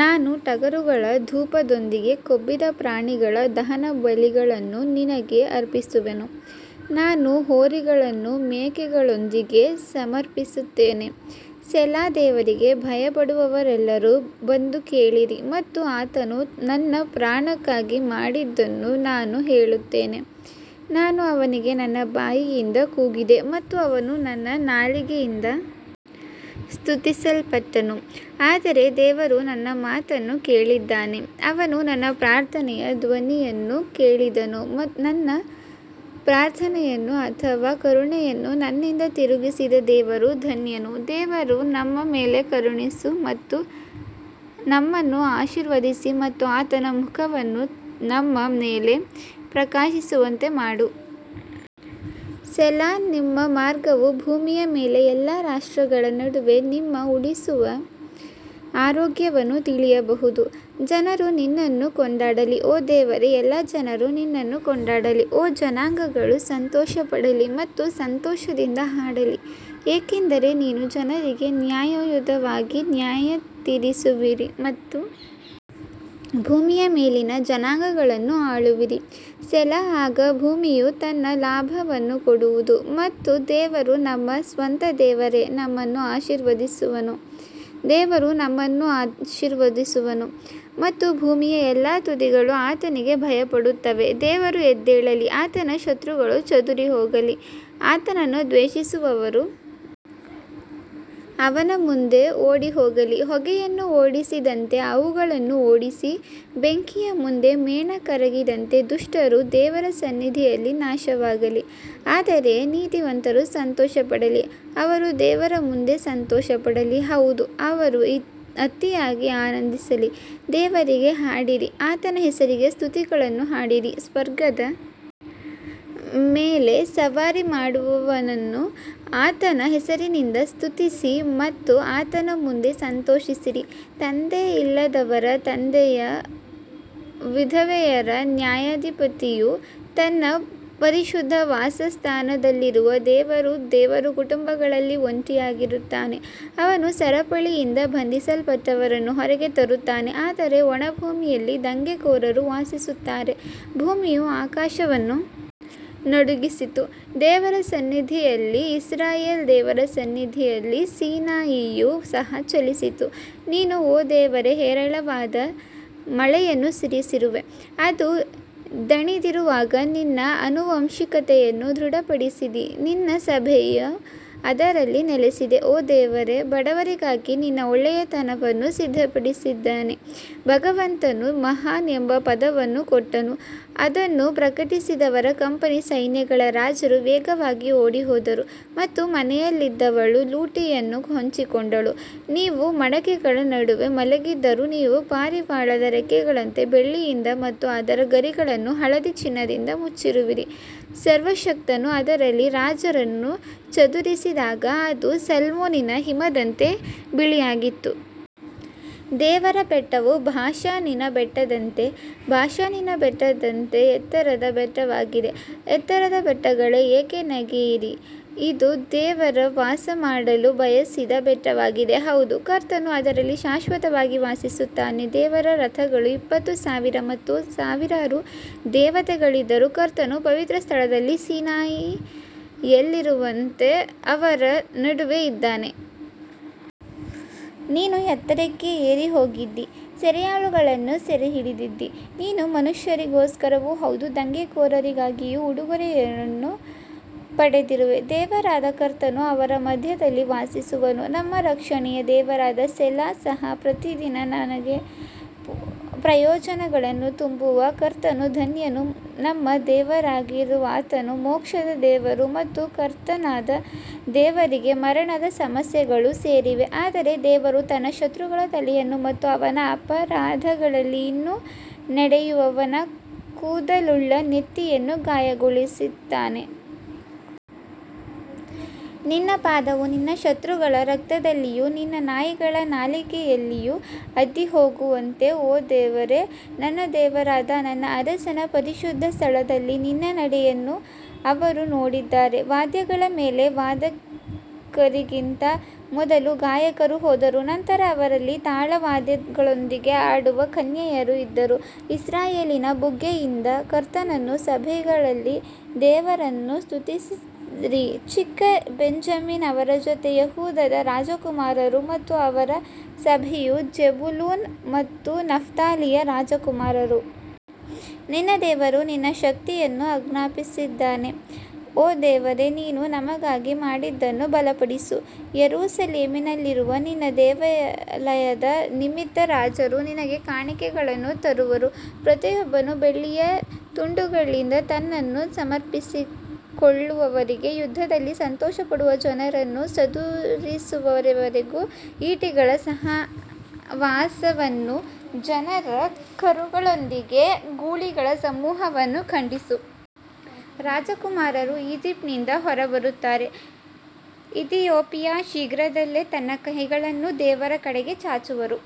ನಾನು ಟಗರುಗಳ ಧೂಪದೊಂದಿಗೆ ಕೊಬ್ಬಿದ ಪ್ರಾಣಿಗಳ ದಹನಬಲಿಗಳನ್ನು ನಿನಗೆ ಅರ್ಪಿಸುವೆನು, ನಾನು ಹೋರಿಗಳನ್ನು ಮೇಕೆಗಳೊಂದಿಗೆ ಸಮರ್ಪಿಸುತ್ತೇನೆ ಸೆಲಾ ದೇವರಿಗೆ ಭಯಪಡುವವರೆಲ್ಲರೂ ಬಂದು ಕೇಳಿರಿ ಮತ್ತು ಆತನು ನನ್ನ ಪ್ರಾಣಕ್ಕಾಗಿ ಮಾಡಿದ್ದನ್ನು ನಾನು ಹೇಳುತ್ತೇನೆ ನಾನು ಅವನಿಗೆ ನನ್ನ ಬಾಯಿಯಿಂದ ಕೂಗಿದೆ ಮತ್ತು ಅವನು ನನ್ನ ನಾಲಿಗೆಯಿಂದ ಸ್ತುತಿಸಲ್ಪಟ್ಟನು ಆದರೆ ದೇವರು ನನ್ನ ಮಾತನ್ನು ಕೇಳಿದ್ದಾನೆ, ಅವನು ನನ್ನ ಪ್ರಾರ್ಥನೆಯ ಧ್ವನಿಯನ್ನು ಕೇಳಿದನು ನನ್ನ ಪ್ರಾರ್ಥನೆಯನ್ನು ಅಥವಾ ಕರುಣೆಯನ್ನು ನನ್ನಿಂದ ತಿರುಗಿಸದ ದೇವರು ಧನ್ಯನು ದೇವರು ನಮ್ಮ ಮೇಲೆ ಕರುಣಿಸು ಮತ್ತು ನಮ್ಮನ್ನು ಆಶೀರ್ವದಿಸಿ ಮತ್ತು ಆತನ ಮುಖವನ್ನು ನಮ್ಮ ಮೇಲೆ ಪ್ರಕಾಶಿಸುವಂತೆ ಮಾಡು ಸೆಲಾ ನಿಮ್ಮ ಮಾರ್ಗವು ಭೂಮಿಯ ಮೇಲೆ ಎಲ್ಲಾ ರಾಷ್ಟ್ರಗಳ ನಡುವೆ ನಿಮ್ಮ ಉಳಿಸುವ ಆರೋಗ್ಯವನ್ನು ತಿಳಿಯಬಹುದು ಜನರು ನಿನ್ನನ್ನು ಕೊಂಡಾಡಲಿ ಓ ದೇವರೇ ಎಲ್ಲಾ ಜನರು ನಿನ್ನನ್ನು ಕೊಂಡಾಡಲಿ ಓ ಜನಾಂಗಗಳು ಸಂತೋಷಪಡಲಿ ಮತ್ತು ಸಂತೋಷದಿಂದ ಹಾಡಲಿ, ಏಕೆಂದರೆ ನೀನು ಜನರಿಗೆ ನ್ಯಾಯಯುತವಾಗಿ ನ್ಯಾಯತೀರಿಸುವಿರಿ ಮತ್ತು ಭೂಮಿಯ ಮೇಲಿನ ಜನಾಂಗಗಳನ್ನು ಆಳುವಿರಿ ಸೆಲಾ ಆಗ ಭೂಮಿಯು ತನ್ನ ಲಾಭವನ್ನು ಕೊಡುವದು ಮತ್ತು ದೇವರು ನಮ್ಮ ಸ್ವಂತ ದೇವರೇ ನಮ್ಮನ್ನು ಆಶೀರ್ವದಿಸುವನು ದೇವರು ನಮ್ಮನ್ನು ಆಶೀರ್ವದಿಸುವನು ಮತ್ತು ಭೂಮಿಯ ಎಲ್ಲಾ ತುದಿಗಳು ಆತನಿಗೆ ಭಯಪಡುತ್ತವೆ ದೇವರು ಎದ್ದೇಳಲಿ, ಆತನ ಶತ್ರುಗಳು ಚದುರಿಹೋಗಲಿ, ಆತನನ್ನು ದ್ವೇಷಿಸುವವರು ಅವನ ಮುಂದೆ ಓಡಿಹೋಗಲಿ ಹೊಗೆಯನ್ನು ಓಡಿಸಿದಂತೆ ಅವುಗಳನ್ನು ಓಡಿಸಿ ಬೆಂಕಿಯ ಮುಂದೆ ಮೇಣ ಕರಗಿದಂತೆ ದುಷ್ಟರು ದೇವರ ಸನ್ನಿಧಿಯಲ್ಲಿ ನಾಶವಾಗಲಿ ಆದರೆ ನೀತಿವಂತರು ಸಂತೋಷಪಡಲಿ ಅವರು ದೇವರ ಮುಂದೆ ಸಂತೋಷಪಡಲಿ, ಹೌದು ಅವರು ಅತಿಯಾಗಿ ಆನಂದಿಸಲಿ ದೇವರಿಗೆ ಹಾಡಿರಿ, ಆತನ ಹೆಸರಿಗೆ ಸ್ತುತಿಗಳನ್ನು ಹಾಡಿರಿ, ಸ್ವರ್ಗದ ಮೇಲೆ ಸವಾರಿ ಮಾಡುವವನನ್ನು ಆತನ ಹೆಸರಿನಿಂದ ಸ್ತುತಿಸಿ ಮತ್ತು ಆತನ ಮುಂದೆ ಸಂತೋಷಿಸಿರಿ ತಂದೆಯಿಲ್ಲದವರ ತಂದೆಯೂ ವಿಧವೆಯರ ನ್ಯಾಯಾಧಿಪತಿಯೂ ತನ್ನ ಪರಿಶುದ್ಧ ವಾಸಸ್ಥಾನದಲ್ಲಿರುವ ದೇವರು ದೇವರು ಕುಟುಂಬಗಳಲ್ಲಿ ಒಂಟಿಯಾಗಿರುತ್ತಾನೆ, ಅವನು ಸರಪಳಿಯಿಂದ ಬಂಧಿಸಲ್ಪಟ್ಟವರನ್ನು ಹೊರಗೆ ತರುತ್ತಾನೆ ಆದರೆ ಒಣ ಭೂಮಿಯಲ್ಲಿ ದಂಗೆಕೋರರು ವಾಸಿಸುತ್ತಾರೆ ಭೂಮಿಯು ಆಕಾಶವನ್ನು ನಡುಗಿಸಿತು ದೇವರ ಸನ್ನಿಧಿಯಲ್ಲಿ ಇಸ್ರಾಯೇಲ್ ದೇವರ ಸನ್ನಿಧಿಯಲ್ಲಿ ಸೀನಾಯಿಯು ಸಹ ಚಲಿಸಿತು ನೀನು ಓ ದೇವರೇ ಹೇರಳವಾದ ಮಳೆಯನ್ನು ಸುರಿಸಿರುವೆ, ಅದು ದಣಿದಿರುವಾಗ ನಿನ್ನ ಆನುವಂಶಿಕತೆಯನ್ನು ದೃಢಪಡಿಸಿದಿ ನಿನ್ನ ಸಭೆಯು ಅದರಲ್ಲಿ ನೆಲೆಸಿದೆ, ಓ ದೇವರೇ, ಬಡವರಿಗಾಗಿ ನಿನ್ನ ಒಳ್ಳೆಯತನವನ್ನು ಸಿದ್ಧಪಡಿಸಿದ್ದಾನೆ ಭಗವಂತನು ಮಹಾನ್ ಎಂಬ ಪದವನ್ನು ಕೊಟ್ಟನು ಅದನ್ನು ಪ್ರಕಟಿಸಿದವರ ಕಂಪನಿ ಸೈನ್ಯಗಳ ರಾಜರು ವೇಗವಾಗಿ ಓಡಿಹೋದರು ಮತ್ತು ಮನೆಯಲ್ಲಿದ್ದವಳು ಲೂಟಿಯನ್ನು ಹಂಚಿಕೊಂಡಳು ನೀವು ಮಡಕೆಗಳ ನಡುವೆ ಮಲಗಿದ್ದರೂ ನೀವು ಪಾರಿವಾಳದ ರೆಕ್ಕೆಗಳಂತೆ ಬೆಳ್ಳಿಯಿಂದ ಮತ್ತು ಅದರ ಗರಿಗಳನ್ನು ಹಳದಿ ಚಿನ್ನದಿಂದ ಮುಚ್ಚಿರುವಿರಿ ಸರ್ವಶಕ್ತನು ಅದರಲ್ಲಿ ರಾಜರನ್ನು ಚದುರಿಸಿದಾಗ ಅದು ಸಲ್ಮೋನಿನ ಹಿಮದಂತೆ ಬಿಳಿಯಾಗಿತ್ತು. ದೇವರ ಬೆಟ್ಟವು ಬಾಷಾನಿನ ಬೆಟ್ಟದಂತೆ ಬಾಷಾನಿನ ಬೆಟ್ಟದಂತೆ ಎತ್ತರದ ಬೆಟ್ಟವಾಗಿದೆ ಎತ್ತರದ ಬೆಟ್ಟಗಳೇ ಏಕೆ ನೆಗೆಯಿರಿ ಇದು ದೇವರು ವಾಸಮಾಡಲು ಬಯಸಿದ ಬೆಟ್ಟವಾಗಿದೆ ಹೌದು ಕರ್ತನು ಅದರಲ್ಲಿ ಶಾಶ್ವತವಾಗಿ ವಾಸಿಸುತ್ತಾನೆ ದೇವರ ರಥಗಳು ಇಪ್ಪತ್ತು ಸಾವಿರ ಮತ್ತು ಸಾವಿರಾರು ದೇವತೆಗಳಿದ್ದರೂ ಕರ್ತನು ಪವಿತ್ರ ಸ್ಥಳದಲ್ಲಿ ಸೀನಾಯಿಯಲ್ಲಿರುವಂತೆ ಅವರ ನಡುವೆ ಇದ್ದಾನೆ. ನೀನು ಎತ್ತರಕ್ಕೆ ಏರಿ ಹೋಗಿದ್ದೀ, ಸೆರೆಯಾಳುಗಳನ್ನು ಸೆರೆಹಿಡಿದಿದ್ದೀ, ನೀನು ಮನುಷ್ಯರಿಗೋಸ್ಕರವೂ ಹೌದು, ದಂಗೆಕೋರರಿಗಾಗಿಯೂ ಉಡುಗೊರೆಗಳನ್ನು ಪಡೆದಿರುವೆ, ದೇವರಾದ ಕರ್ತನು ಅವರ ಮಧ್ಯದಲ್ಲಿ ವಾಸಿಸುವನು ನಮ್ಮ ರಕ್ಷಣೆಯ ದೇವರಾದ ಸೆಲಾ ಸಹ ಪ್ರತಿದಿನ ನಮಗೆ ಪ್ರಯೋಜನಗಳನ್ನು ತುಂಬುವ ಕರ್ತನು ಧನ್ಯನು ನಮ್ಮ ದೇವರಾಗಿರುವಾತನು ಮೋಕ್ಷದ ದೇವರು ಮತ್ತು ಕರ್ತನಾದ ದೇವರಿಗೆ ಮರಣದ ಸಮಸ್ಯೆಗಳು ಸೇರಿವೆ ಆದರೆ ದೇವರು ತನ್ನ ಶತ್ರುಗಳ ತಲೆಯನ್ನು ಮತ್ತು ಅವನ ಅಪರಾಧಗಳಲ್ಲಿ ಇನ್ನೂ ನಡೆಯುವವನ ಕೂದಲುಳ್ಳ ನೆತ್ತಿಯನ್ನು ಗಾಯಗೊಳಿಸುತ್ತಾನೆ. ನಿನ್ನ ಪಾದವು ನಿನ್ನ ಶತ್ರುಗಳ ರಕ್ತದಲ್ಲಿಯೂ ನಿನ್ನ ನಾಯಿಗಳ ನಾಲಿಗೆಯಲ್ಲಿಯೂ ಅದ್ದಿಹೋಗುವಂತೆ ಓ ದೇವರೇ, ನನ್ನ ದೇವರಾದ ನನ್ನ ಅರಸನ ಪರಿಶುದ್ಧ ಸ್ಥಳದಲ್ಲಿ ನಿನ್ನ ನಡೆಯನ್ನು ಅವರು ನೋಡಿದ್ದಾರೆ ವಾದ್ಯಗಳ ಮೇಲೆ ವಾದಕರಿಗಿಂತ ಮೊದಲು ಗಾಯಕರು ಹೋದರು, ನಂತರ ಅವರಲ್ಲಿ ತಾಳವಾದ್ಯಗಳೊಂದಿಗೆ ಆಡುವ ಕನ್ಯೆಯರು ಇದ್ದರು ಇಸ್ರಾಯೇಲಿನ ಬುಗ್ಗೆಯಿಂದ ಕರ್ತನನ್ನೂ ಸಭೆಗಳಲ್ಲಿ ದೇವರನ್ನು ಸ್ತುತಿಸಿರಿ ಚಿಕ್ಕ ಬೆಂಜಮಿನ್ ಅವರ ಜೊತೆ ಯೆಹೂದದ ರಾಜಕುಮಾರರು ಮತ್ತು ಅವರ ಸಭೆಯು ಜೆಬುಲೂನ್ ಮತ್ತು ನಫ್ತಾಲಿಯ ರಾಜಕುಮಾರರು. ನಿನ್ನ ದೇವರು ನಿನ್ನ ಶಕ್ತಿಯನ್ನು ಆಜ್ಞಾಪಿಸಿದ್ದಾನೆ ಓ ದೇವರೇ ನೀನು ನಮಗಾಗಿ ಮಾಡಿದ್ದನ್ನು ಬಲಪಡಿಸು ಯೆರೂಸಲೇಮಿನಲ್ಲಿರುವ ನಿನ್ನ ದೇವಾಲಯದ ನಿಮಿತ್ತ ರಾಜರು ನಿನಗೆ ಕಾಣಿಕೆಗಳನ್ನು ತರುವರು ಪ್ರತಿಯೊಬ್ಬನು ಬೆಳ್ಳಿಯ ತುಂಡುಗಳಿಂದ ತನ್ನನ್ನು ಸಮರ್ಪಿಸಿಕೊಳ್ಳುವವರೆಗೆ ಯುದ್ಧದಲ್ಲಿ ಸಂತೋಷಪಡುವ ಜನರನ್ನು ಚದುರಿಸುವವರೆಗೂ ಈಟಿಗಳ ಸಹವಾಸವನ್ನು ಜನರ ಕರುಗಳೊಂದಿಗೆ ಗೂಳಿಗಳ ಸಮೂಹವನ್ನು ಖಂಡಿಸು. ರಾಜಕುಮಾರರು ಈಜಿಪ್ಟ್ನಿಂದ ಹೊರಬರುತ್ತಾರೆ ಇಥಿಯೋಪಿಯಾ ಶೀಘ್ರದಲ್ಲೇ ತನ್ನ ಕೈಗಳನ್ನು ದೇವರ ಕಡೆಗೆ ಚಾಚುವರು.